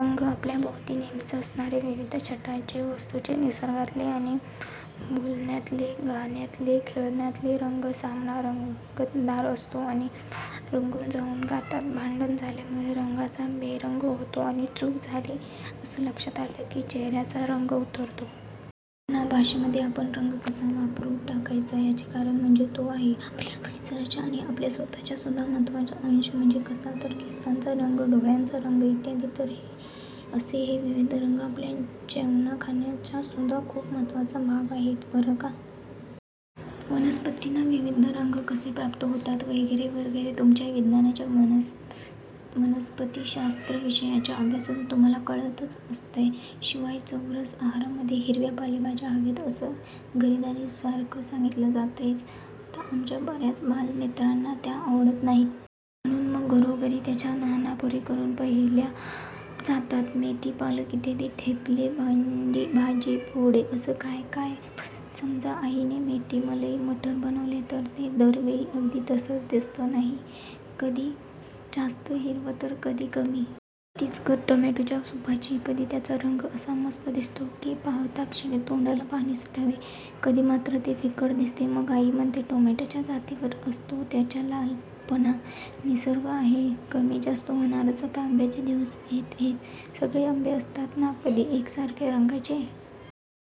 रंग! आपल्या भोवती नेहमीच असणारे. विविध छटांचे, वस्तूंचे, निसर्गातले आणि बोलण्यातले-गाण्यातले-खेळण्यातले रंग! सामना रंगतदार असतो आणि बुवा रंगून जाऊन गातात. भांडण झाल्यामुळे रंगांचा बेरंग होतो आणि 'चूक झाली' असं लक्षात आलं की चेहऱ्याचा रंग उतरतो. भाषेमध्ये आपण रंग कसा वापरून टाकायचा. याचे कारण म्हणजे तो आहे आपल्या परिसराचा आणि आपल्या स्वतःचा सुद्धा महत्त्वाचा अंश! म्हणजे कसा, तर केसांचा रंग, डोळ्यांचा रंग इत्यादी. तर असे हे विविध रंग आपल्या जेवणा-खाण्याचासुद्धा खूप महत्त्वाचा भाग आहेत बरं का! वनस्पतींना विविध रंग कसे प्राप्त होतात वगैरे वगैरे तुमच्या विज्ञानाच्या, वनस्पतीशास्त्र विषयाच्या अभ्यासातून तुम्हांला कळतंच असतय. शिवाय चौरस आहारामध्ये 'हिरव्या पालेभाज्या' हव्यात असं घरी-दारी सारखं सांगितलं जातंय. आता आमच्या बऱ्याच बालमित्रांना त्या आवडत नाहीत. म्हणून मग घरोघरी त्यांच्या नाना परी करून पाहिल्या जातात. मेथी-पालक इत्यादीं ठेपले, भजी, बोंडं असं काय काय! पण समजा आईनं मेथी-मलई-मटर बनवलं तर ते दरवेळी अगदी तस्सच दिसत नाही. कधी जास्त हिरवं तर कधी कमी. तीच गत टोमॅटोच्या सुपाची. कधी त्याचा रंग असा मस्त दिसतो की पाहताक्षणी तोंडाला पाणी सुटावे. कधी मात्र ते फिकट दिसते, मग आई म्हणते, 'टोमॅटोच्या जातीवर असतो त्याचा लालपणा. निसर्ग आहे, कमी-जास्त होणारच'!आता आंब्याचे दिवस येताहेत, सगळे आंबे असतात का कधी एकसारख्या रंगाचे?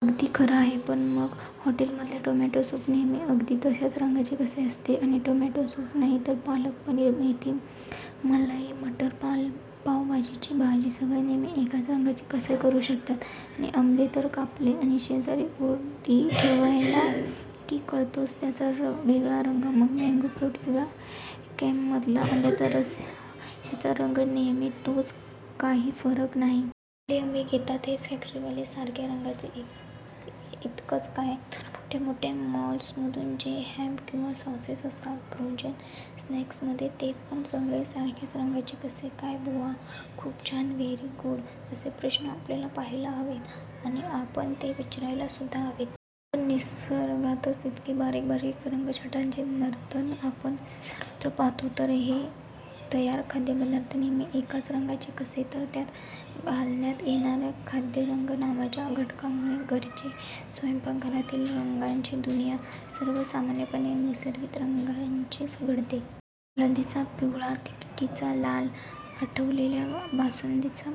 अगदी खरं आहे. पण मग हॉटेलमधले टोमॅटो सूप नेहमी अगदी तशाच रंगाचं कसे असते? आणि टोमॅटो सूपच नाही, तर पालक-पनीर, मेथी-मलई-मटर, पावभाजीची भाजी सगळं नेहमी एकाच रंगाचं कसं करू शकतात? आणि आंबे तर कापले आणि शेजारी फोडी ठेवल्या की कळतोच त्यांचा वेगळा रंग, मग मँगो फ्रुटी किंवा कॅनमधला आंब्याचा रस ह्यांचा रंग नेहमी तोच, काही फरक नाही. कुठले आंबे घेतात हे फॅक्टरीवाले, सारख्या रंगाचे? इतकंच काय, तर मोठ्या मोठ्या मॉल्समधून जे हॅम किंवा सॉसेस असतात, फ्रोजन सेक्शमध्ये ते पण सगळे सारख्या रंगाचे कसे काय बुवा? खूप छान, व्हेरी गुड! असे प्रश्न आपल्याला पहायला हवेत आणि आपण ते विचारायलासुद्धा हवेत. जर निसर्गात इतके बारीक बारीक रंगछटांचे नर्तन आपण सर्वत्र पाहतो तर हे तयार खाद्यपदार्थ नेहमी एकाच रंगाचे कसे, तर त्यात घालण्यात येणाऱ्या खाद्यरंग नावाच्या घटकामुळे. घरची, स्वयंपाकघरातील रंगाची दुनिया सर्वसामान्यपणे नैसर्गिक रंगांचीच घडते. हळदीचा पिवळा, तिखटेचा लाल, आटवलेल्या बासुंदीचा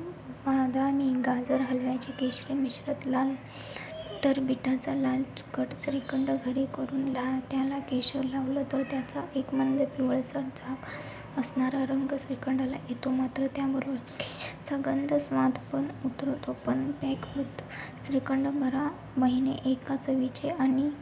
बादामी, गाजर हलव्याचा केशरीमिश्रित लालट तर बीटाचा लालचुटुक. श्रीखंड घरी करून त्याला केशर लावलं तर त्याचा एक मंद पिवळसर झाक असणारा रंग श्रीखंडाला येतो. मात्र त्याबरोबर केशराचा गंध, स्वादपण उतरतो. पण पॅकबंद श्रीखंड बारा महिने एका चवीचे आणि